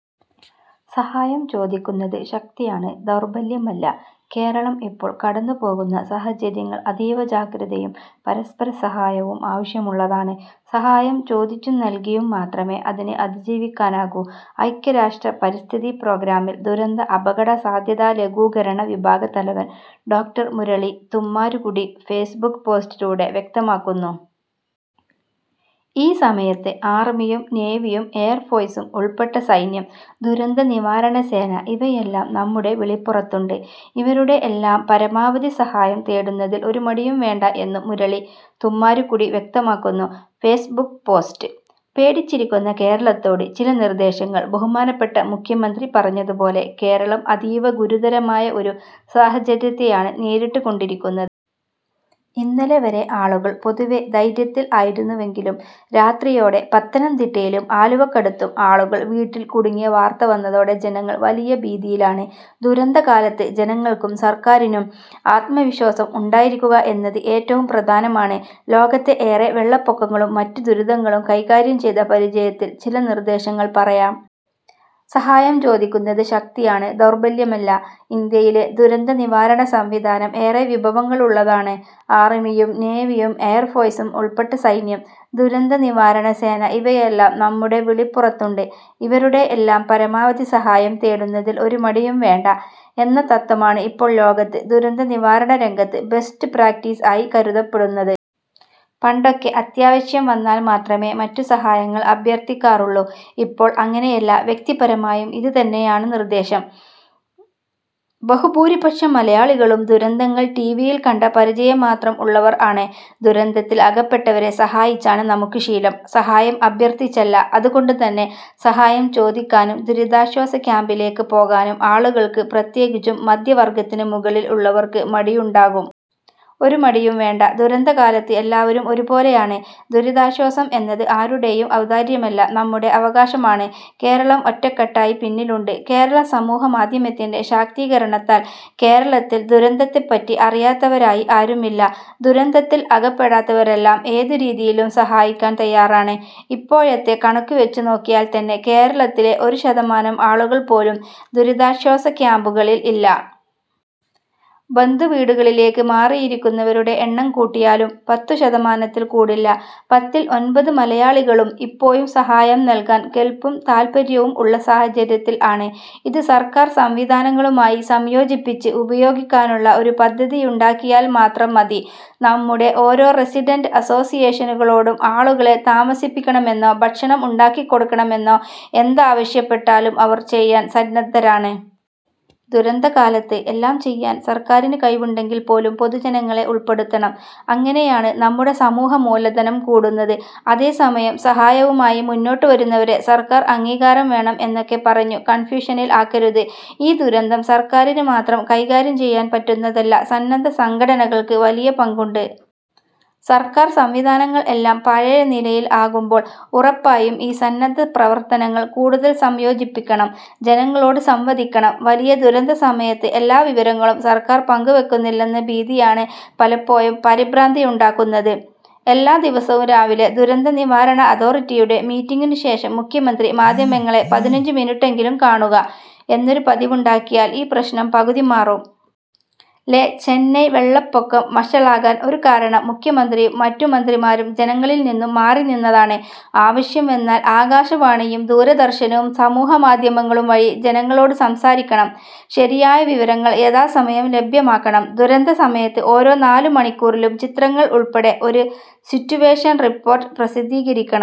സഹായം ചോദിക്കുന്നത് ശക്തിയാണ് ദൗർബല്യമല്ല. കേരളം ഇപ്പോള്‍ കടന്നുപോകുന്ന സാഹചര്യങ്ങള്‍ അതീവ ജാഗ്രതയും, പരസ്പര സഹായവും ആവശ്യമുള്ളതാണ്. സഹായം ചോദിച്ചും നല്കിയും മാത്രമേ അതിനെ അതിജീവിക്കാനാകൂ. ഐക്യരാഷ്ട്ര പരിസ്ഥിതി പ്രോഗ്രാമിൽ ദുരന്ത അപകടസാധ്യതാ ലഘൂകരണ വിഭാഗ തലവൻ ഡോ. മുരളി തുമ്മാരുകുടി ഫേസ്ബുക്ക് പോസ്റ്റിലൂടെ വ്യക്തമാക്കുന്നു. ഈ സമയത്ത് ആർമിയും നേവിയും എയർഫോഴ്സും ഉൾപ്പെട്ട സൈന്യം, ദുരന്തനിവാരണ സേന ഇവയെല്ലാം നമ്മുടെ വിളിപ്പുറത്തുണ്ട്. ഇവരുടെ എല്ലാം പരമാവധി സഹായം തേടുന്നതിൽ ഒരു മടിയും വേണ്ട എന്നും മുരളി തുമ്മാരുക്കുടി വ്യക്തമാക്കുന്നു. ഫേസ്ബുക്ക് പോസ്റ്റ്: പേടിച്ചിരിക്കുന്ന കേരളത്തോട് ചില നിർദ്ദേശങ്ങൾ ബഹുമാനപ്പെട്ട മുഖ്യമന്ത്രി പറഞ്ഞതുപോലെ കേരളം അതീവ ഗുരുതരമായ ഒരു സാഹചര്യത്തെയാണ് നേരിട്ട് കൊണ്ടിരിക്കുന്നത്. ഇന്നലെവരെ ആളുകൾ പൊതുവെ ധൈര്യത്തിൽ ആയിരുന്നുവെങ്കിലും രാത്രിയോടെ പത്തനംതിട്ടയിലും ആലുവക്കടുത്തും ആളുകൾ വീട്ടിൽ കുടുങ്ങിയ വാർത്ത വന്നതോടെ ജനങ്ങൾ വലിയ ഭീതിയിലാണ്. ദുരന്തകാലത്ത് ജനങ്ങൾക്കും സർക്കാരിനും ആത്മവിശ്വാസം ഉണ്ടായിരിക്കുക എന്നത് ഏറ്റവും പ്രധാനമാണ്. ലോകത്തെ ഏറെ വെള്ളപ്പൊക്കങ്ങളും മറ്റു ദുരിതങ്ങളും കൈകാര്യം ചെയ്ത പരിചയത്തിൽ ചില നിർദ്ദേശങ്ങൾ പറയാം. സഹായം ചോദിക്കുന്നത് ശക്തിയാണ്, ദൗർബല്യമല്ല: ഇന്ത്യയിലെ ദുരന്തനിവാരണ സംവിധാനം ഏറെ വിഭവങ്ങളുള്ളതാണ്. ആർമിയും നേവിയും എയർഫോഴ്സും ഉൾപ്പെട്ട സൈന്യം, ദുരന്തനിവാരണ സേന ഇവയെല്ലാം നമ്മുടെ വിളിപ്പുറത്തുണ്ട്. ഇവരുടെ എല്ലാം പരമാവധി സഹായം തേടുന്നതിൽ ഒരു മടിയും വേണ്ട. '' എന്ന തത്വമാണ് ഇപ്പോൾ ലോകത്ത് ദുരന്തനിവാരണ രംഗത്ത് ബെസ്റ്റ് പ്രാക്ടീസ് ആയി കരുതപ്പെടുന്നത്. പണ്ടൊക്കെ അത്യാവശ്യം വന്നാൽ മാത്രമേ മറ്റു സഹായങ്ങൾ അഭ്യർത്ഥിക്കാറുള്ളു. ഇപ്പോൾ അങ്ങനെയല്ല. വ്യക്തിപരമായും ഇത് തന്നെയാണ് നിർദ്ദേശം. ബഹുഭൂരിപക്ഷം മലയാളികളും ദുരന്തങ്ങൾ ടി. വിയിൽ കണ്ട പരിചയം മാത്രം ഉള്ളവർ ആണ്. ദുരന്തത്തിൽ അകപ്പെട്ടവരെ സഹായിച്ചാണ് നമുക്ക് ശീലം, സഹായം അഭ്യർത്ഥിച്ചല്ല. അതുകൊണ്ടു തന്നെ സഹായം ചോദിക്കാനും ദുരിതാശ്വാസ ക്യാംപിലേക്ക് പോകാനും ആളുകൾക്ക് പ്രത്യേകിച്ചും മധ്യവർഗ്ഗത്തിന് മുകളിൽ ഉള്ളവർക്ക് മടിയുണ്ടാകും. ഒരു മടിയും വേണ്ട. ദുരന്തകാലത്ത് എല്ലാവരും ഒരു പോലെ ആണ്. ദുരിതാശ്വാസം എന്നത് ആരുടേയും ഔദാര്യമല്ല, നമ്മുടെ അവകാശമാണ്. കേരളം ഒറ്റക്കെട്ടായി പിന്നിലുണ്ട്: കേരളസമൂഹ മാധ്യമത്തിന്‍റെ ശാക്തീകരണത്താൽ കേരളത്തിൽ ദുരന്തത്തെപ്പറ്റി അറിയാത്തവരായി ആരുമില്ല. ദുരന്തത്തിൽ അകപ്പെടാത്തവരെല്ലാം ഏതു രീതിയിലും സഹായിക്കാൻ തയ്യാറാണ്. ഇപ്പോഴത്തെ കണക്കു വച്ച് നോക്കിയാൽ തന്നെ കേരളത്തിലെ ഒരു ശതമാനം ആളുകൾ പോലും ദുരിതാശ്വാസ ക്യാംപുകളിൽ ഇല്ല. ബന്ധുവീടുകളിലേക്ക് മാറിയിരിക്കുന്നവരുടെ എണ്ണം കൂട്ടിയാലും പത്തു ശതമാനത്തിൽ കൂടില്ല. പത്തിൽ ഒൻപത് മലയാളികളും ഇപ്പോഴും സഹായം നല്കാൻ കെല്പും താല്പര്യവും ഉള്ള സാഹചര്യത്തിൽ ആണ്. ഇത് സർക്കാർ സംവിധാനങ്ങളുമായി സംയോജിപ്പിച്ച് ഉപയോഗിക്കാനുള്ള ഒരു പദ്ധതിയുണ്ടാക്കിയാൽ മാത്രം മതി. നമ്മുടെ ഓരോ റസിഡന്‍റ് അസ്സോസ്സിയേഷനുകളോടും ആളുകളെ താമസിപ്പിക്കണമെന്നോ ഭക്ഷണം ഉണ്ടാക്കിക്കൊടുക്കണമെന്നോ എന്താവശ്യപ്പെട്ടാലും അവർ ചെയ്യാൻ സന്നദ്ധരാണ്. ദുരന്തകാലത്ത് എല്ലാം ചെയ്യാൻ സർക്കാരിന് കഴിവുണ്ടെങ്കിൽ പോലും പൊതുജനങ്ങളെ ഉൾപ്പെടുത്തണം. അങ്ങനെയാണ് നമ്മുടെ സമൂഹ മൂലധനം കൂടുന്നത്. അതേ സമയം സഹായവുമായി മുന്നോട്ടു വരുന്നവരെ സർക്കാർ അംഗീകാരം വേണം എന്നൊക്കെ പറഞ്ഞു കൺഫ്യൂഷനിൽ ആക്കരുത്. ഈ ദുരന്തം സർക്കാരിന് മാത്രം കൈകാര്യം ചെയ്യാൻ പറ്റുന്നതല്ല, സന്നദ്ധ സംഘടനകൾക്ക് വലിയ പങ്കുണ്ട്. സർക്കാർ സംവിധാനങ്ങൾ എല്ലാം പഴയ നിലയിൽ ആകുമ്പോൾ ഉറപ്പായും ഈ സന്നദ്ധ പ്രവർത്തനങ്ങൾ കൂടുതൽ സംയോജിപ്പിക്കണം. ജനങ്ങളോട് സംവദിക്കണം: വലിയ ദുരന്തസമയത്ത് എല്ലാ വിവരങ്ങളും സർക്കാർ പങ്കുവെക്കുന്നില്ലെന്ന ഭീതിയാണ് പലപ്പോഴും പരിഭ്രാന്തിയുണ്ടാക്കുന്നത്. എല്ലാ ദിവസവും രാവിലെ ദുരന്തനിവാരണ അതോറിറ്റിയുടെ മീറ്റിങ്ങിനു ശേഷം മുഖ്യമന്ത്രി മാധ്യമങ്ങളെ പതിനഞ്ചു മിനുട്ടെങ്കിലും കാണുക എന്നൊരു പതിവുണ്ടാക്കിയാൽ ഈ പ്രശ്നം പകുതി മാറും. ലെ ചെന്നൈ വെള്ളപ്പൊക്കം വഷളാകാൻ ഒരു കാരണം മുഖ്യമന്ത്രിയും മറ്റു മന്ത്രിമാരും ജനങ്ങളിൽ നിന്നും മാറിനിന്നതാണ്. ആവശ്യം വന്നാൽ ആകാശവാണിയും ദൂരദര്‍ശനും സമൂഹമാധ്യമങ്ങളും വഴി ജനങ്ങളോട് സംസാരിക്കണം. ശരിയായ വിവരങ്ങൾ യഥാസമയം ലഭ്യമാക്കണം: ദുരന്തസമയത്ത് ഓരോ നാലു മണിക്കൂറിലും ചിത്രങ്ങൾ ഉൾപ്പെടെ ഒരു സിറ്റുവേഷൻ റിപ്പോർട്ട് പ്രസിദ്ധീകരിക്കണം.